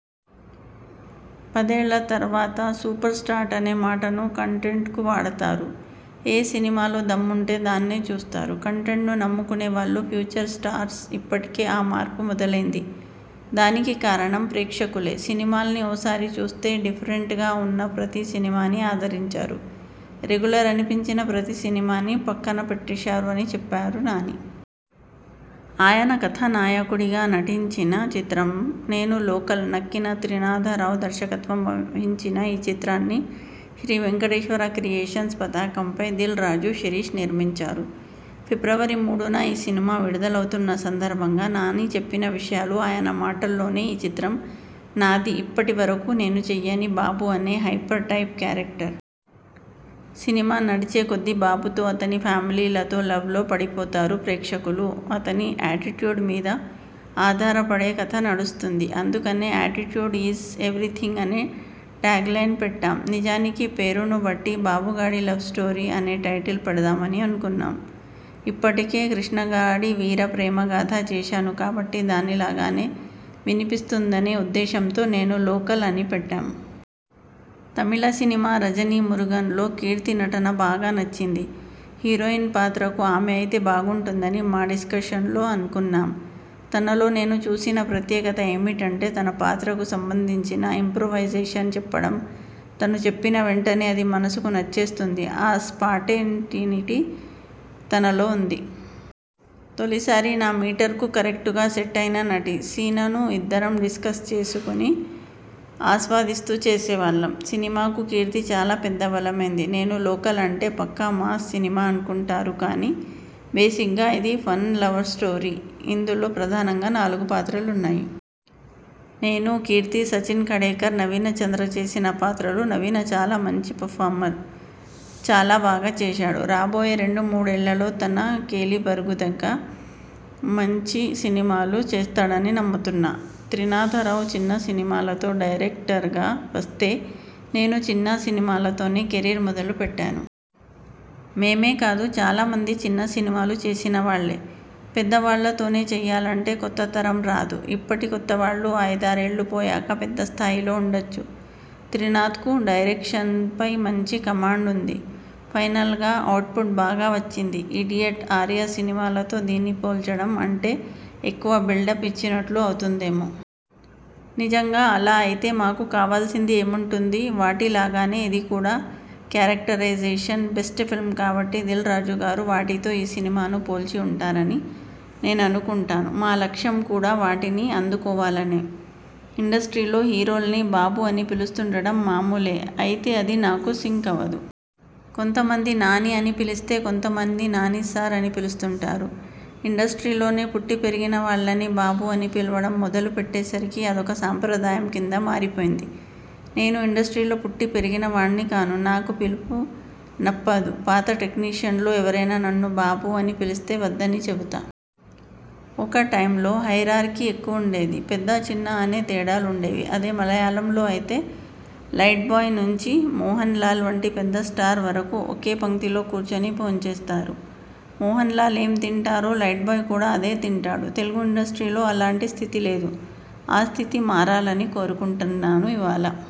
పదేళ్ల తర్వాత 'సూపర్స్టార్' అనే మాటను కంటెంట్కు వాడతారు. ఏ సినిమాలో దమ్ముంటే దాన్నే చూస్తారు. కంటెంట్ను నమ్ముకున్నవాళ్లే ఫ్యూచర్ స్టార్స్ ఇప్పటికే ఆ మార్పు మొదలైంది. దానికి కారణం ప్రేక్షకులే. సినిమాల్ని ఓసారి చూస్తే.. డిఫరెంట్గా ఉన్న ప్రతి సినిమానీ ఆదరించారు. రెగ్యులర్ అనిపించిన ప్రతి సినిమానీ పక్కన పెట్టేశారు'' అని చెప్పారు నాని. ఆయన కథానాయకుడిగా నటించిన చిత్రం 'నేను లోకల్'. నక్కిన త్రినాథరావు దర్శకత్వం వహించిన ఈ చిత్రాన్ని శ్రీ వెంకటేశ్వర క్రియేషన్స్ పతాకంపై దిల్ రాజు, శిరీష్ నిర్మించారు. ఫిబ్రవరి మూడున ఈ సినిమా విడుదలవుతున్న సందర్భంగా నాని చెప్పిన విషయాలు ఆయన మాటల్లోనేఈ చిత్రంలో నాది ఇప్పటివరకూ నేను చెయ్యని బాబు అనే హైపర్ టైప్ కేరక్టర్. సినిమా నడిచే కొద్దీ బాబుతో, అతని ఫ్యామిలీతో లవ్లో పడిపోతారు ప్రేక్షకులు. అతని యాటిట్యూడ్ మీద ఆధారపడే కథ నడుస్తుంది. అందుకనే 'యాటిట్యూడ్ ఈజ్ ఎవిరిథింగ్' అనే ట్యాగ్లైన్ పెట్టాం. నిజానికి పేరునుబట్టి 'బాబుగాడి లవ్స్టోరీ' అనే టైటిల్ పెడదామని అనుకున్నాం. ఇప్పటికే 'కృష్ణగాడి వీరప్రేమగాథ' చేశాను కాబట్టి, దానిలాగే వినిపిస్తుందనే ఉద్దేశంతో 'నేను లోకల్' అని పెట్టాం. తమిళ సినిమా 'రజనీ మురుగన్'లో కీర్తి నటన బాగా నచ్చింది. హీరోయిన్ పాత్రకు ఆమె అయితే బాగుంటుందని మా డిస్కషన్స్లో అనుకున్నాం. తనలో నేను చూసిన ప్రత్యేకత ఏమిటంటే.. తన పాత్రకు సంబంధించిన ఇంప్రొవైజేషన్ చెప్పడం. తను చెప్పిన వెంటనే అది మనకు నచ్చేస్తుంది. ఆ స్పాంటేనిటీ తనలో ఉంది. తొలిసారి నా మీటర్కు కరెక్టుగా సెట్ అయిన నటి. సీనను ఇద్దరం డిస్కస్ చేసుకొని, ఆస్వాదిస్తూ చేసేవాళ్లం. సినిమాకు కీర్తి చాలా పెద్ద బలమైంది. 'నేను లోకల్' అంటే పక్కా మాస్ సినిమా అనుకుంటారు కానీ, బేసిగ్గా ఇది ఫన లవ్స్టోరీ. ఇందులో ప్రధానంగా నాలుగు పాత్రలున్నాయి. నేను, కీర్తి, సచిన్ ఖడేకర్, నవీనచంద్ర చేసిన పాత్రలు. నవీన చాలా మంచి పర్ఫార్మర్. చాలా బాగా చేశాడు. రాబోయే రెండు మూడేళ్లలో తన కేలిబర్కు తగ్గ మంచి సినిమాలు చేస్తాడని నమ్ముతున్నా. త్రినాథరావు చిన్న సినిమాలతో డైరెక్టర్గా వస్తే, నేనూ చిన్న సినిమాలతోనే కెరీర్ మొదలుపెట్టాను. మేమే కాదు, చాలామంది చిన్న సినిమాలు చేసినవాళ్లే. పెద్దవాళ్లతోనే చెయ్యాలంటే కొత్త తరం రాదు. ఇప్పటి కొత్తవాళ్లు ఐదారేళ్లు పోయాక పెద్ద స్థాయిలో ఉండొచ్చు. త్రినాథ్కు డైరెక్షన్పై మంచి కమాండ్ ఉంది. ఫైనల్గా ఔట్పుట్ బాగా వచ్చింది. 'ఇడియట్', 'ఆర్య' సినిమాలతో దీన్ని పోల్చడం అంటే ఎక్కువ బిల్డప్ ఇచ్చినట్లు అవుతుందేమో. నిజంగా అలా అయితే మాకు కావాల్సింది ఏముంటుంది! వాటిలాగేనే ఇది కూడా క్యారెక్టరేజేషన్ బేస్డ్ ఫిల్మ్ కాబట్టి దిల్ రాజుగారు వాటితో ఈ సినిమాను పోల్చి ఉంటారని నేననుకుంటాను. మా లక్ష్యం కూడా వాటిని అందుకోవాలనే. ఇండస్ట్రీలో హీరోల్ని 'బాబు' అని పిలుస్తుండటం మామూలే. అయితే అది నాకు సింక్ అవదు. కొంతమంది 'నాని' అని పిలిస్తే, కొంతమంది 'నాని సార్' అని పిలుస్తుంటారు. ఇండస్ట్రీలోనే పుట్టి పెరిగినవాళ్లని బాబు అని పిలవడం మొదలుపెట్టేసరికి అదొక సాంప్రదాయం కింద మారిపోయింది. నేను ఇండస్ట్రీలో పుట్టిపెరిగినవాడ్ని కాను. నాకా పిలుపు నప్పదు. పాత టెక్నీషియన్లు ఎవరైనా నన్ను 'బాబూ' అని పిలిస్తే వద్దని చెబుతా. ఒక టైమ్లో హైరార్కీ ఎక్కువుండేది. పెద్ద, చిన్న అనే తేడాలుండేవి. అదే మలయాళంలో అయితే లైట్బాయ్ నుంచి మోహన్లాల్ వంటి పెద్ద స్టార్ వరకు ఒకే పంక్తిలో కూర్చొని భోంచేస్తారు. మోహన్లాల్ ఏం తింటారో, లైట్బాయ్ కూడా అదే తింటాడు. తెలుగు ఇండస్ట్రీలో అలాంటి స్థితి లేదు. ఆ స్థితి మారాలని కోరుకుంటాను. ఇవాళ